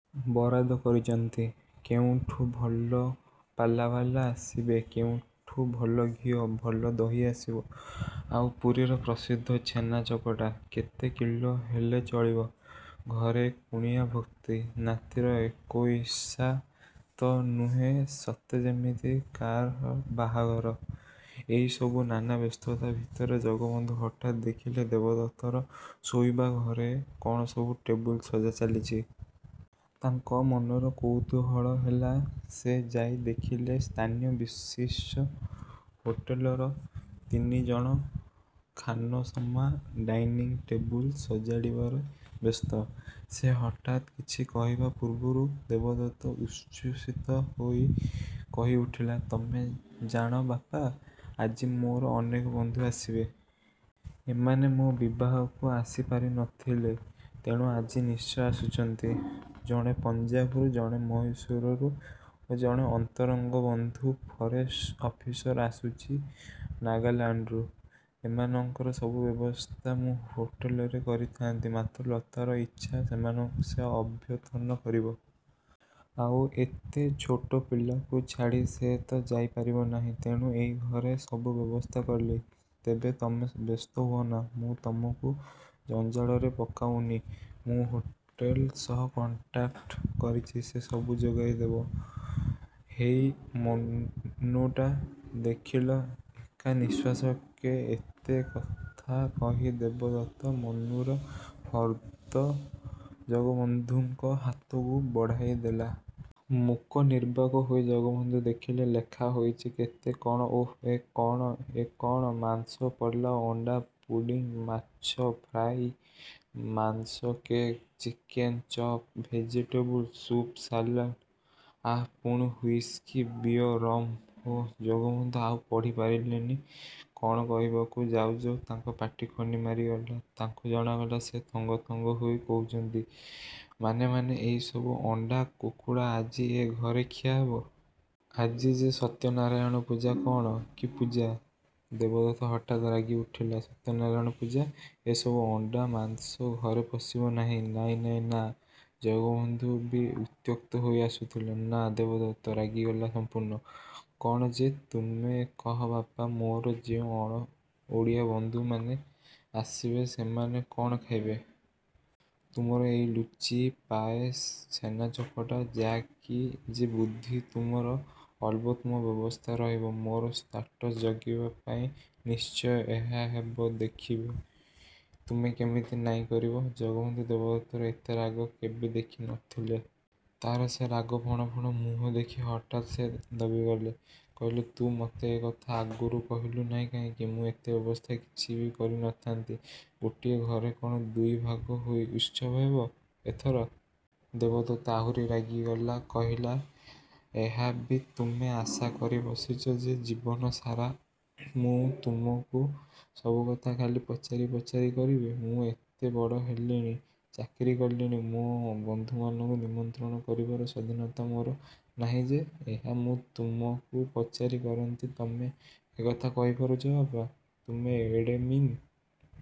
ବରାଦ କରିଚନ୍ତି, କେଉଁଠୁ ଭଲ ପାଲାବାଲା ଆସିବେ, କେଉଁଠୁ ଭଲ ଘିଅ, ଭଲ ଦହି ଆସିବ! ଆଉ ପୁରୀର ପ୍ରସିଦ୍ଧ ଛେନା ଚକଟା, କେତେ କିଲୋ ହେଲେ ଚଳିବ? ଘରେ କୁଣିଆ ଭର୍ତ୍ତି। ନାତିର ଏକୋଇଶା ତ ନୁହେଁ ସତେ ଯେମିତି କା'ର ବାହାଘର। ଏଇସବୁ ନାନା ବ୍ୟସ୍ତତା ଭିତରେ ଜଗବନ୍ଧୁ ହଠାତ୍ ଦେଖିଲେ ଦେବଦତ୍ତର ଶୋଇବା ଘରେ କ'ଣ ସବୁ ଟେବୁଲ ସଜା ଚାଲିଚି। ତାଙ୍କ ମନର କୌତୂହଳ ହେଲା। ସେ ଯାଇ ଦେଖିଲେ ସ୍ଥାନୀୟ ବିଶିଷ୍ଟ ହୋଟେଲର ତିନି ଜଣ ଖାନସମା ଡାଇନିଂ ଟେବୁଲ ସଜାଡ଼ିବାରେ ବ୍ୟସ୍ତ। ସେ ହଠାତ୍ କିଛି କହିବା ପୂର୍ବରୁ ଦେବଦତ୍ତ ଉଚ୍ଛ୍ୱସିତ ହୋଇ କହି ଉଠିଲା, "ତମେ ଜାଣ ବାପା, ଆଜି ମୋର ଅନେକ ବନ୍ଧୁ ଆସିବେ। ଏମାନେ ମୋ' ବିବାହକୁ ଆସିପାରି ନ ଥିଲେ, ତେଣୁ ଆଜି ନିଶ୍ଚୟ ଆସୁଚନ୍ତି। ଜଣେ ପଞ୍ଜାବରୁ, ଜଣେ ମହୀଶୂରରୁ ଓ ଜଣେ ଅନ୍ତରଙ୍ଗ ବନ୍ଧୁ ଫରେଷ୍ଟ ଅଫିସର ଆସୁଚି ନାଗାଲାଣ୍ଡରୁ। ଏମାନଙ୍କର ସବୁ ବ୍ୟବସ୍ଥା ମୁଁ ହୋଟେଲରେ କରିଥାନ୍ତି। ମାତ୍ର ଲତାର ଇଚ୍ଛା, ସେମାନଙ୍କୁ ସେ ଅଭ୍ୟର୍ଥନା କରିବ। ଆଉ ଏତେ ଛୋଟ ପିଲାକୁ ଛାଡ଼ି ସେ ତ ଯାଇ ପାରିବ ନାହିଁ, ତେଣୁ ଏଇ ଘରେ ସବୁ ବ୍ୟବସ୍ଥା କଲି। ତେବେ ତମେ ବ୍ୟସ୍ତ ହୁଅନା, ମୁଁ ତମକୁ ଜଞ୍ଜାଳରେ ପକାଉନି। ମୁଁ ହୋଟେଲ ସହ କଣ୍ଟ୍ରାକ୍ଟ କରିଚି, ସେ ସବୁ ଯୋଗେଇଦବ। ହେଇ, ମେନୁଟା ଦେଖିଲ"ଏକା ନିଃଶ୍ୱାସକେ ଏତେ କଥା କହି ଦେବଦତ୍ତ ମେନୁର ଫର୍ଦ୍ଦ ଜଗବନ୍ଧୁଙ୍କ ହାତକୁ ବଢ଼ାଇଦେଲା। ମୂକ ନିର୍ବାକ୍ ହୋଇ ଜଗବନ୍ଧୁ ଦେଖିଲେ, ଲେଖା ହୋଇଚି କେତେ କ'ଣ ଓଃ ଏ କ'ଣ ଏ କ'ଣ ମାଂସ ପଲାଉ, ଅଣ୍ଡାପୁଡ଼ିଂ, ମାଛ ଫ୍ରାଇ, ମାଂସ cake, chicken chop, vegetable soup, salad, ଆଃ ପୁଣି ହୁଇସ୍କି, ବିଅର, ରମ! ଓଃ ଜଗବନ୍ଧୁ ଆଉ ପଢ଼ି ପାରିଲେନି କଣ କହିବାକୁ ଯାଉ ଯାଉ ତାଙ୍କ ପାଟି ଖନି ମାରିଗଲା ତାଙ୍କୁ ଜଣାଗଲା, ସେ ଥଙ୍ଗଥଙ୍ଗ ହୋଇ କହୁଚନ୍ତି, "ମାନେ ମାନେ ଏଇସବୁ ଅଣ୍ଡା, କୁକୁଡ଼ା ଆଜି ଏ ଘରେ ଖିଆ ହେବ? ଆଜି ଯେ, ସତ୍ୟନାରାୟଣ ପୂଜା" "କଅଣ? କି ପୂଜା?" ଦେବଦତ୍ତ ହଠାତ୍ ରାଗି ଉଠିଲା। "ସତ୍ୟନାରାୟଣ ପୂଜା! ଏସବୁ ଅଣ୍ଡା, ମାଂସ ଘରେ ପଶିବ ନାହିଁ। ନାଇଁ ନାଇଁ ନାଃ।" ଜଗବନ୍ଧୁ ବି ଉତ୍ତ୍ୟକ୍ତ ହୋଇ ଆସୁଥିଲେ। "ନାଃ?" ଦେବଦତ୍ତ ରାଗିଗଲା ସଂପୂର୍ଣ୍ଣ। "କ'ଣ ଯେ ତୁମେ କହ ବାପା ମୋର ଯେଉଁ ଅଣଓଡ଼ିଆ ବନ୍ଧୁ ମାନେ ଆସିବେ, ସେମାନେ କଅଣ ଖାଇବେ? ତୁମର ଏଇ ଲୁଚି, ପାଏସ୍, ଛେନାଚକଟା? ଯା କି ଯେ ବୁଦ୍ଧି ତୁମର! ଅଲବତ୍ ମୋ ବ୍ୟବସ୍ଥା ରହିବ। ମୋର ଷ୍ଟାଟସ ଜଗିବା ପାଇଁ, ନିଶ୍ଚୟ ଏହା ହେବ ଦେଖିବି, ତୁମେ କେମିତି ନାଇଁ କରିବ।" ଜଗବନ୍ଧୁ ଦେବଦତ୍ତର ଏତେ ରାଗ କେବେ ଦେଖି ନ ଥିଲେ। ତାର ସେ ରାଗ ଫଣ ଫଣ ମୁହଁ ଦେଖି ହଠାତ୍ ସେ ଦବିଗଲେ। କହିଲେ, "ତୁ ମତେ ଏ କଥା ଆଗରୁ କହିଲୁ ନାହିଁ କାହିଁକି? ମୁଁ ଏତେ ବ୍ୟବସ୍ଥା କିଛି ବି କରି ନ ଥାନ୍ତି। ଗୋଟିଏ ଘରେ କ'ଣ ଦୁଇ ଭାଗ ହୋଇ ଉତ୍ସବ ହେବ?"ଏଥର ଦେବଦତ୍ତ ଆହୁରି ରାଗିଗଲା କହିଲା, "ଏହା ବି ତୁମେ ଆଶା କରି ବସିଚ ଯେ ଜୀବନ ସାରା ମୁଁ ତୁମକୁ ସବୁକଥା ଖାଲି ପଚାରି ପଚାରି କରିବି? ମୁଁ ଏତେ ବଡ଼ ହେଲିଣି, ଚାକିରୀ କଲିଣି ମୋ ବନ୍ଧୁମାନଙ୍କୁ ନିମନ୍ତ୍ରଣ କରିବାର ସ୍ୱାଧୀନତା ମୋର ନାହିଁ ଯେ, ଏହା ମୁଁ ତୁମକୁ ପଚାରି କରନ୍ତି ତମେ ଏକଥା କହିପାରୁଚ ବାପା? ତୁମେ ଏଡ଼େ ମିନ୍।"